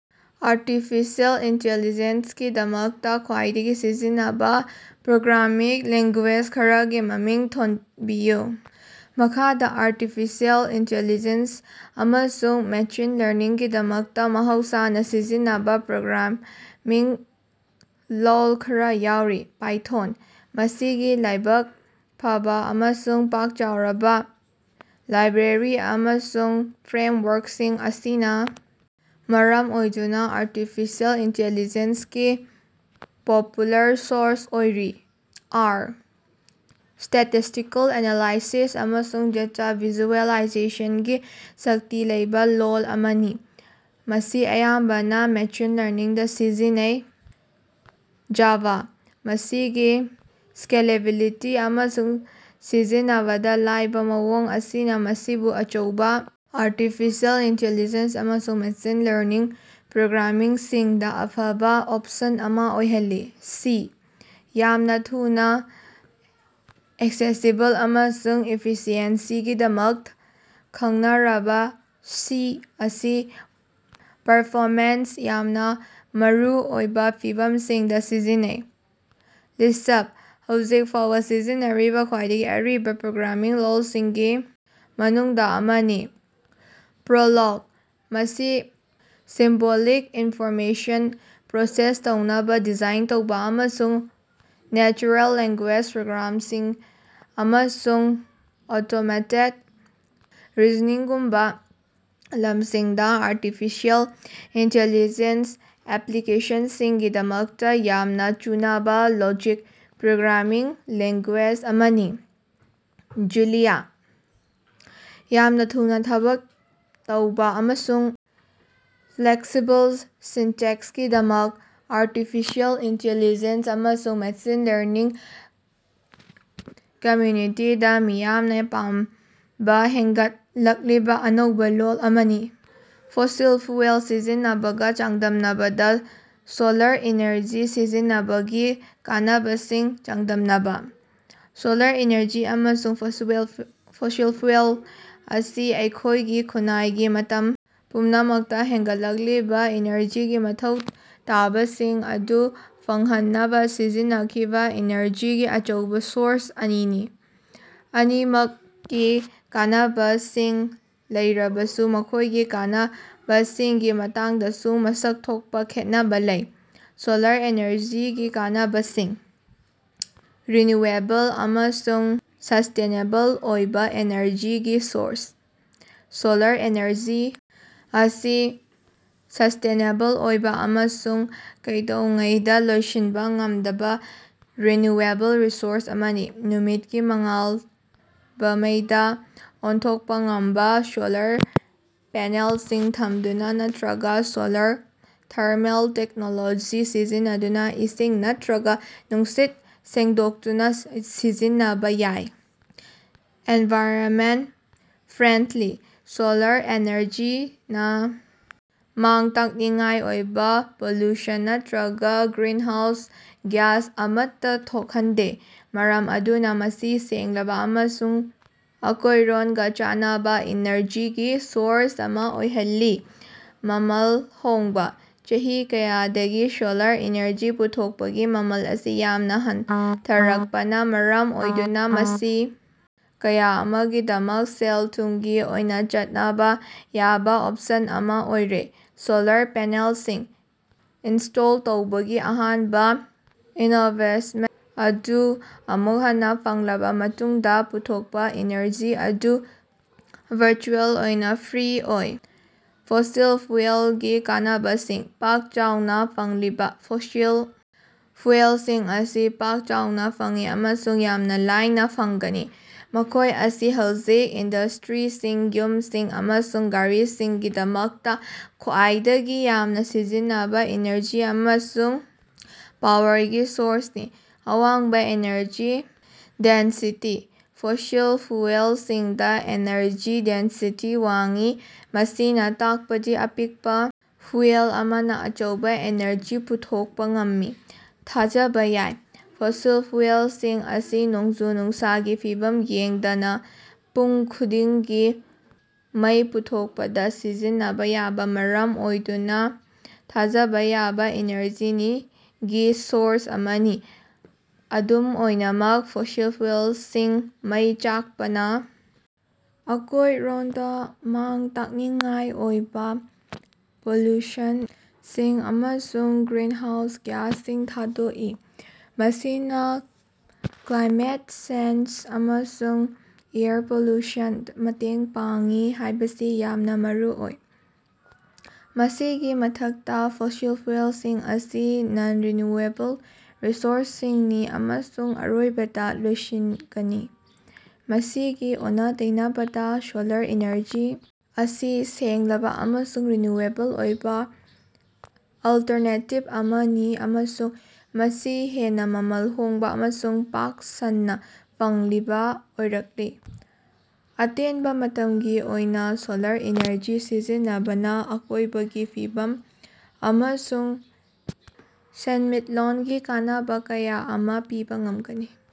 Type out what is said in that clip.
Artificial ꯏꯟꯇꯦꯂꯤꯖꯦꯁꯀꯤ ꯗꯃꯛꯇ ꯈ꯭ꯋꯥꯏꯗꯒꯤ ꯁꯤꯖꯤꯟꯅꯕ ꯄ꯭ꯔꯣꯒ꯭ꯔꯥꯃꯤꯡ ꯂꯦꯡꯒꯨꯌꯦꯖ ꯈꯔꯒꯤ ꯃꯃꯤꯡ ꯊꯣꯟꯕꯤꯌꯨ꯫ ꯃꯈꯥꯗꯥ ꯑꯥꯔꯇꯤꯐꯤꯁꯤꯑꯦꯜ ꯏꯟꯇꯦꯂꯤꯖꯦꯁ ꯑꯃꯁꯨꯡ ꯃꯦꯁꯤꯟ ꯂꯔꯅꯤꯡꯒꯤꯗꯃꯛꯇ ꯃꯍꯧꯁꯥꯅ ꯁꯤꯖꯤꯟꯅꯕ ꯄ꯭ꯔꯣꯒ꯭ꯔꯥꯃꯤꯡ ꯂꯣꯜ ꯈꯔꯥ ꯌꯥꯎꯔꯤ: ꯄꯥꯏꯊꯣꯟ: ꯃꯁꯤꯒꯤ ꯂꯥꯏꯕꯛ ꯐꯕ ꯑꯃꯁꯨꯡ ꯄꯥꯛ ꯆꯥꯎꯔꯕ ꯂꯥꯏꯕ꯭ꯔꯦꯔꯤ ꯑꯃꯁꯨꯡ ꯐ꯭ꯔꯦꯝꯋꯥ꯭ꯔꯛꯁꯤꯡ ꯑꯁꯤꯅ ꯃꯔꯝ ꯑꯣꯏꯗꯨꯅ ꯑꯥꯔꯇꯤꯐꯤꯁꯤꯑꯦꯜ ꯏꯟꯇꯦꯂꯤꯖꯦꯁ ꯀꯤ ꯄꯣꯄꯨꯂꯔ ꯆꯣꯏꯆ ꯑꯣꯏꯔꯤ꯫ ꯑꯥꯔ: ꯁ꯭ꯇꯦꯇꯤꯁ꯭ꯇꯤꯀꯦꯜ ꯑꯦꯅꯥꯂꯥꯏꯁꯤꯁ ꯑꯃꯁꯨꯡ ꯗꯦꯇꯥ ꯚꯤꯖꯨꯑꯦꯂꯥꯏꯖꯦꯁꯟꯒꯤ ꯁꯛꯇꯤ ꯂꯩꯕꯥ ꯂꯣꯜ ꯑꯃꯅꯤ, ꯃꯁꯤ ꯑꯌꯥꯝꯕꯅ ꯃꯦꯁꯤꯟ ꯂꯔꯅꯤꯡꯗ ꯁꯤꯖꯤꯟꯅꯩ꯫ ꯖꯥꯚꯥ: ꯃꯁꯤꯒꯤ ꯁ꯭ꯀꯦꯂꯦꯕꯤꯂꯤꯇꯤ ꯑꯃꯁꯨꯡ ꯁꯤꯖꯤꯟꯅꯕꯗ ꯂꯥꯏꯕ ꯃꯑꯣꯡ ꯑꯁꯤꯅ ꯃꯁꯤꯕꯨ ꯑꯆꯧꯕ ꯑꯥꯔꯇꯤꯐꯤꯁꯤꯑꯦꯜ ꯏꯟꯇꯦꯂꯤꯖꯦꯁ ꯑꯃꯁꯨꯡ ꯃꯦꯁꯤꯟ ꯂꯔꯅꯤꯡ ꯄ꯭ꯔꯣꯖꯦꯛꯁꯤꯡꯗ ꯑꯐꯕꯥ ꯑꯣꯞꯁꯟ ꯑꯃ ꯑꯣꯏꯍꯜꯂꯤ꯫ ꯁꯤ: ꯌꯥꯝꯅ ꯊꯨꯅ ꯑꯦꯛꯁꯦꯁꯤꯕꯜ ꯑꯃꯁꯨꯡ ꯏꯐꯤꯁꯤꯑꯦꯟꯁꯤꯒꯤꯗꯃꯛ ꯈꯪꯅꯔꯕ ꯁꯤ ꯑꯁꯤ ꯄꯔꯐꯣꯃꯦꯟꯁ ꯌꯥꯝꯅ ꯃꯔꯨ ꯑꯣꯏꯕ ꯐꯤꯚꯝꯁꯤꯡꯗ ꯁꯤꯖꯤꯟꯅꯩ꯫ ꯂꯤꯁ꯭ꯞ: ꯍꯧꯖꯤꯛ ꯐꯥꯎꯕ ꯁꯤꯖꯤꯟꯅꯔꯤꯕꯥ ꯈ꯭ꯋꯥꯏꯗꯒꯤ ꯑꯔꯤꯕ ꯄ꯭ꯔꯣꯒ꯭ꯔꯥꯃꯤꯡ ꯂꯣꯜꯁꯤꯡꯒꯤ ꯃꯅꯨꯡꯗ ꯑꯃꯅꯤ꯫ ꯄ꯭ꯔꯣꯂꯣꯒ: ꯃꯁꯤ ꯁꯤꯝꯕꯣꯂꯤꯛ ꯏꯟꯐꯣꯔꯃꯦꯁꯟ ꯄ꯭ꯔꯣꯁꯦꯁ ꯇꯧꯅꯕ ꯗꯤꯖꯥꯏꯟ ꯇꯧꯕ ꯑꯃꯁꯨꯡ ꯅꯦꯆꯔꯦꯜ ꯂꯦꯡꯒꯨꯌꯦꯖ ꯄ꯭ꯔꯣꯁꯦꯁꯤꯡ ꯑꯃꯁꯨꯡ ꯑꯣꯇꯣꯃꯦꯇꯦꯠ ꯔꯤꯖꯅꯤꯡꯒꯨꯝꯕ ꯂꯝꯁꯤꯡꯗ ꯑꯥꯔꯇꯤꯐꯤꯁꯤꯑꯦꯜ ꯏꯟꯇꯦꯂꯤꯖꯦꯁ ꯑꯦꯄ꯭ꯂꯤꯀꯦꯁꯟꯁꯤꯡꯒꯤꯗꯃꯛꯇ ꯌꯥꯝꯅ ꯆꯨꯅꯕ ꯂꯣꯖꯤꯛ ꯄ꯭ꯔꯣꯒ꯭ꯔꯥꯃꯤꯡ ꯂꯦꯡꯒꯨꯌꯦꯖ ꯑꯃꯅꯤ꯫ ꯖꯨꯂꯤꯌꯥ: ꯌꯥꯝꯅ ꯊꯨꯅ ꯊꯕꯛ ꯇꯧꯕꯥ ꯑꯃꯁꯨꯡ ꯐ꯭ꯂꯦꯛꯁꯤꯕꯜ ꯁꯤꯟꯇꯦꯛꯁꯀꯤꯗꯃꯛ ꯑꯥꯔꯇꯤꯐꯤꯁꯤꯑꯦꯜ ꯏꯟꯇꯦꯂꯤꯖꯦꯁ ꯑꯃꯁꯨꯡ ꯃꯦꯁꯤꯟ ꯂꯔꯅꯤꯡ ꯀꯝꯃ꯭ꯌꯨꯅꯤꯇꯤꯗ ꯃꯤꯌꯥꯝꯅ ꯄꯥꯝꯅꯕ ꯍꯦꯡꯒꯠꯂꯛꯂꯤꯕ ꯑꯅꯧꯕ ꯂꯣꯜ ꯑꯃꯅꯤ꯫ ꯐꯣꯁꯤꯜ ꯐ꯭ꯌꯨꯑꯦꯜ ꯁꯤꯖꯤꯟꯅꯕꯒ ꯆꯥꯡꯗꯝꯅꯕꯗ ꯁꯣꯂꯥꯔ ꯏꯅꯔꯖꯤ ꯁꯤꯖꯤꯟꯅꯕꯒꯤ ꯀꯥꯟꯅꯕꯁꯤꯡ ꯆꯥꯡꯗꯝꯅꯕ ꯫ ꯁꯣꯂꯥꯔ ꯏꯅꯔꯖꯤ ꯑꯃꯁꯨꯡ ꯐꯣꯁꯤꯜ ꯐ꯭ꯌꯨꯑꯦꯜ ꯑꯁꯤ ꯑꯩꯈꯣꯏꯒꯤ ꯈꯨꯟꯅꯥꯏꯒꯤ ꯃꯇꯝ ꯄꯨꯝꯅꯃꯛꯇ ꯍꯦꯡꯒꯠꯂꯛꯂꯤꯕ ꯏꯅꯔꯖꯤꯒꯤ ꯃꯊꯧ ꯇꯥꯕꯁꯤꯡ ꯑꯗꯨ ꯐꯪꯍꯟꯅꯕ ꯁꯤꯖꯤꯟꯅꯈꯤꯕ ꯏꯅꯔꯖꯤꯒꯤ ꯑꯆꯧꯕ ꯁꯣꯔꯁ ꯑꯅꯤꯅꯤ꯫ ꯑꯅꯤꯃꯛꯀꯤ ꯀꯥꯟꯅꯕꯁꯤꯡ ꯂꯩꯔꯕꯁꯨ ꯃꯈꯣꯏꯒꯤ ꯀꯥꯟꯅꯕꯁꯤꯡꯒꯤ ꯃꯇꯥꯡꯗꯁꯨ ꯃꯁꯛ ꯊꯣꯛꯄ ꯈꯦꯠꯅꯕ ꯂꯩ꯫ ꯁꯣꯂꯥꯔ ꯑꯦꯅꯔꯖꯤꯒꯤ ꯀꯥꯟꯅꯕꯁꯤꯡ: ꯔꯤꯅ꯭ꯌꯨꯑꯦꯕꯜ ꯑꯃꯁꯨꯡ ꯁ꯭ꯁꯇꯦꯅꯦꯕꯜ ꯑꯣꯏꯕ ꯑꯦꯅꯔꯖꯤꯒꯤ ꯁꯣꯔꯁ: ꯁꯣꯂꯥꯔ ꯑꯦꯅꯔꯖꯤ ꯑꯁꯤ ꯁ꯭ꯁꯇꯦꯅꯦꯕꯜ ꯑꯣꯏꯕ ꯑꯃꯁꯨꯡ ꯀꯩꯗꯧꯉꯩꯗ ꯂꯣꯏꯁꯤꯟꯕ ꯉꯝꯗꯕ ꯔꯤꯅ꯭ꯌꯨꯑꯦꯕꯜ ꯔꯤꯁꯣꯔꯁ ꯑꯃꯅꯤ꯫ ꯅꯨꯃꯤꯠꯀꯤ ꯃꯉꯥꯜꯕ ꯃꯩꯗꯥ ꯑꯣꯟꯊꯣꯛꯄ ꯉꯝꯕ ꯁꯣꯂꯥꯔ ꯄꯦꯅꯦꯜꯁꯤꯡ ꯊꯝꯗꯨꯅ ꯅꯠꯇꯔꯒ ꯁꯣꯂꯥꯔ ꯊꯔꯃꯦꯜ ꯇꯦꯛꯅꯣꯂꯣꯖꯤ ꯁꯤꯖꯤꯟꯅꯗꯨꯅ ꯏꯁꯤꯡ ꯅꯠꯇꯔꯒ ꯅꯨꯡꯁꯤꯠ ꯁꯦꯡꯗꯣꯛꯇꯨꯅ ꯁꯤꯖꯤꯟꯅꯕ ꯌꯥꯏ꯫ ꯑꯦꯅꯚꯥꯏꯔꯟꯃꯦꯟꯠ ꯐ꯭ꯔꯦꯟꯗꯂꯤ: ꯁꯣꯂꯥꯔ ꯑꯦꯅꯔꯖꯤꯅ ꯃꯥꯡ-ꯇꯥꯛꯅꯤꯡꯉꯥꯏ ꯑꯣꯏꯕ ꯄꯣꯂꯨꯁꯟ ꯅꯠꯇꯔꯒ ꯒ꯭ꯔꯤꯟꯍꯥꯎꯁ ꯒ꯭ꯌꯥꯁ ꯑꯃꯠꯇ ꯊꯣꯛꯍꯟꯗꯦ, ꯃꯔꯝ ꯑꯗꯨꯅ ꯃꯁꯤ ꯁꯦꯡꯂꯕ ꯑꯃꯁꯨꯡ ꯑꯀꯣꯏꯔꯣꯟꯒ ꯆꯥꯟꯅꯕ ꯏꯅꯔꯖꯤꯒꯤ ꯁꯣꯔꯁ ꯑꯃ ꯑꯣꯏꯍꯜꯂꯤ꯫ ꯃꯃꯜ ꯍꯣꯡꯕ: ꯆꯍꯤ ꯀꯌꯥꯗꯒꯤ ꯁꯣꯂꯥꯔ ꯏꯅꯔꯖꯤ ꯄꯨꯊꯣꯛꯄꯒꯤ ꯃꯃꯜ ꯑꯁꯤ ꯌꯥꯝꯅ ꯍꯟꯊꯔꯛꯄꯅ ꯃꯔꯝ ꯑꯣꯏꯗꯨꯅ ꯃꯁꯤ ꯀꯌꯥ ꯑꯃꯒꯤꯗꯃꯛ ꯁꯦꯜ-ꯊꯨꯃꯒꯤ ꯑꯣꯏꯅ ꯆꯠꯅꯕ ꯌꯥꯕꯥ ꯑꯣꯞꯁꯟ ꯑꯃꯥ ꯑꯣꯏꯔꯦ꯫ ꯁꯣꯂꯥꯔ ꯄꯦꯅꯦꯜꯁꯤꯡ ꯏꯟꯁ꯭ꯇꯣꯜ ꯇꯧꯕꯒꯤ ꯑꯍꯥꯟꯕ ꯏꯅꯚꯦꯁꯠꯃꯦꯟꯠ ꯑꯗꯨ ꯑꯃꯨꯛ ꯍꯟꯅ ꯐꯪꯂꯕ ꯃꯇꯨꯡꯗ, ꯄꯨꯊꯣꯛꯄꯥ ꯏꯅꯔꯖꯤ ꯑꯗꯨ ꯚꯔꯆꯨꯑꯦꯜ ꯑꯣꯏꯅ ꯐ꯭ꯔꯤ ꯑꯣꯏ꯫ ꯐꯣꯁꯤꯜ ꯐ꯭ꯌꯨꯑꯦꯜꯒꯤ ꯀꯥꯟꯅꯕꯁꯤꯡ: ꯄꯥꯛ-ꯆꯥꯎꯅ ꯐꯪꯂꯤꯕ: ꯐꯣꯁꯤꯜ ꯐ꯭ꯌꯨꯑꯦꯜꯁꯤꯡ ꯑꯁꯤ ꯄꯥꯛ-ꯆꯥꯎꯅ ꯐꯪꯏ ꯑꯃꯁꯨꯡ ꯌꯥꯝꯅ ꯂꯥꯏꯅ ꯐꯪꯒꯅꯤ꯫ ꯃꯈꯣꯏ ꯑꯁꯤ ꯍꯧꯖꯤꯛ ꯏꯟꯗ꯭ꯁꯇꯔꯤꯁꯤꯡ, ꯌꯨꯝꯁꯤꯡ, ꯑꯃꯁꯨꯡ ꯒꯥꯔꯤꯁꯤꯡꯒꯤꯗꯃꯛꯇ ꯈ꯭ꯋꯥꯏꯗꯒꯤ ꯌꯥꯝꯅ ꯁꯤꯖꯤꯟꯅꯕ ꯏꯅꯔꯖꯤ ꯑꯃꯁꯨꯡ ꯄꯥꯋꯔꯒꯤ ꯁꯣꯔꯁꯅꯤ꯫ ꯑꯋꯥꯡꯕ ꯑꯦꯅꯔꯖꯤ ꯗꯦꯟꯁꯤꯇꯤ: ꯐꯣꯁꯤꯜ ꯐ꯭ꯌꯨꯑꯦꯜꯁꯤꯡꯗ ꯑꯦꯅꯔꯖꯤ ꯗꯦꯟꯁꯤꯇꯤ ꯋꯥꯡꯏ, ꯃꯁꯤꯅ ꯇꯥꯛꯄꯗꯤ ꯑꯄꯤꯛꯄ ꯐ꯭ꯌꯨꯑꯦꯜ ꯑꯃꯅ ꯑꯆꯧꯕ ꯑꯦꯅꯔꯖꯤ ꯄꯨꯊꯣꯛꯄ ꯉꯝꯃꯤ꯫ ꯊꯥꯖꯕ ꯌꯥꯏ: ꯐꯣꯁꯤꯜ ꯐ꯭ꯌꯨꯑꯦꯜꯁꯤꯡ ꯑꯁꯤ ꯅꯣꯡꯖꯨ-ꯅꯨꯡꯁꯥꯒꯤ ꯐꯤꯚꯝ ꯌꯦꯡꯗꯅ ꯄꯨꯡ ꯈꯨꯗꯤꯡꯒꯤ ꯃꯩ ꯄꯨꯊꯣꯛꯄꯗ ꯁꯤꯖꯤꯟꯅꯕ ꯌꯥꯅ ꯃꯔꯝ ꯑꯣꯏꯗꯨꯅ ꯊꯥꯖꯕ ꯌꯥꯕ ꯏꯅꯔꯖꯤꯒꯤ ꯁꯣꯔꯁ ꯑꯃꯅꯤ꯫ ꯑꯗꯨꯝ ꯑꯣꯏꯅꯃꯛ, ꯐꯣꯁꯤꯜ ꯐ꯭ꯌꯨꯑꯦꯜꯁꯤꯡ ꯃꯩ ꯆꯥꯛꯄꯅ ꯑꯀꯣꯏꯔꯣꯟꯗ ꯃꯥꯡ-ꯇꯥꯛꯅꯤꯡꯉꯥꯏ ꯑꯣꯏꯕ ꯄꯣꯂꯨꯁꯟꯁꯤꯡ ꯑꯃꯁꯨꯡ ꯒ꯭ꯔꯤꯅꯍꯥꯎꯁ ꯒ꯭ꯌꯥꯁꯁꯤꯡ ꯊꯥꯗꯣꯛꯏ, ꯃꯁꯤꯅꯥ ꯀ꯭ꯂꯥꯏꯃꯦꯠ ꯆꯦꯟꯖ ꯑꯃꯁꯨꯡ ꯑꯦꯌꯔ ꯄꯣꯂꯨꯁꯟꯗ ꯃꯇꯦꯡ ꯄꯥꯡꯏ ꯍꯥꯏꯕꯁꯤ ꯌꯥꯝꯅ ꯃꯔꯨꯑꯣꯏ꯫ ꯃꯁꯤꯒꯤ ꯃꯊꯛꯇ, ꯐꯣꯁꯤꯜ ꯐ꯭ꯌꯨꯑꯦꯜꯁꯤꯡ ꯑꯁꯤ ꯅꯟ-ꯔꯤꯅ꯭ꯌꯨꯑꯦꯕꯜ ꯔꯤꯁꯣꯔꯁꯁꯤꯡꯅꯤ ꯑꯃꯁꯨꯡ ꯑꯔꯣꯏꯕꯗ ꯂꯣꯏꯁꯤꯟꯒꯅꯤ꯫ ꯃꯁꯤꯒꯤ ꯑꯣꯟꯅ-ꯇꯩꯅꯕꯗꯥ, ꯁꯣꯂꯥꯔ ꯏꯅꯔꯖꯤ ꯑꯁꯤ ꯁꯦꯡꯂꯕ ꯑꯃꯁꯨꯡ ꯔꯤꯅ꯭ꯌꯨꯑꯦꯕꯜ ꯑꯣꯏꯕ ꯑꯜꯇꯔꯅꯦꯇꯤꯕ ꯑꯃꯅꯤ ꯑꯃꯁꯨꯡ ꯃꯁꯤ ꯍꯦꯟꯅ ꯃꯃꯜ ꯍꯣꯡꯕ ꯑꯃꯁꯨꯡ ꯄꯥꯛ ꯁꯟꯅ ꯐꯪꯂꯤꯕ ꯑꯣꯏꯔꯛꯂꯤ꯫ ꯑꯇꯦꯟꯕ ꯃꯇꯝꯒꯤ ꯑꯣꯏꯅ ꯁꯣꯂꯥꯔ ꯏꯅꯔꯖꯤ ꯁꯤꯖꯤꯟꯅꯕꯅ ꯑꯀꯣꯏꯕꯒꯤ ꯐꯤꯕꯝ ꯑꯃꯁꯨꯡ ꯁꯦꯟꯃꯤꯠꯂꯣꯟꯒꯤ ꯀꯥꯟꯅꯕ ꯀꯌꯥ ꯑꯃꯥ ꯄꯤꯕ ꯉꯝꯒꯅꯤ꯫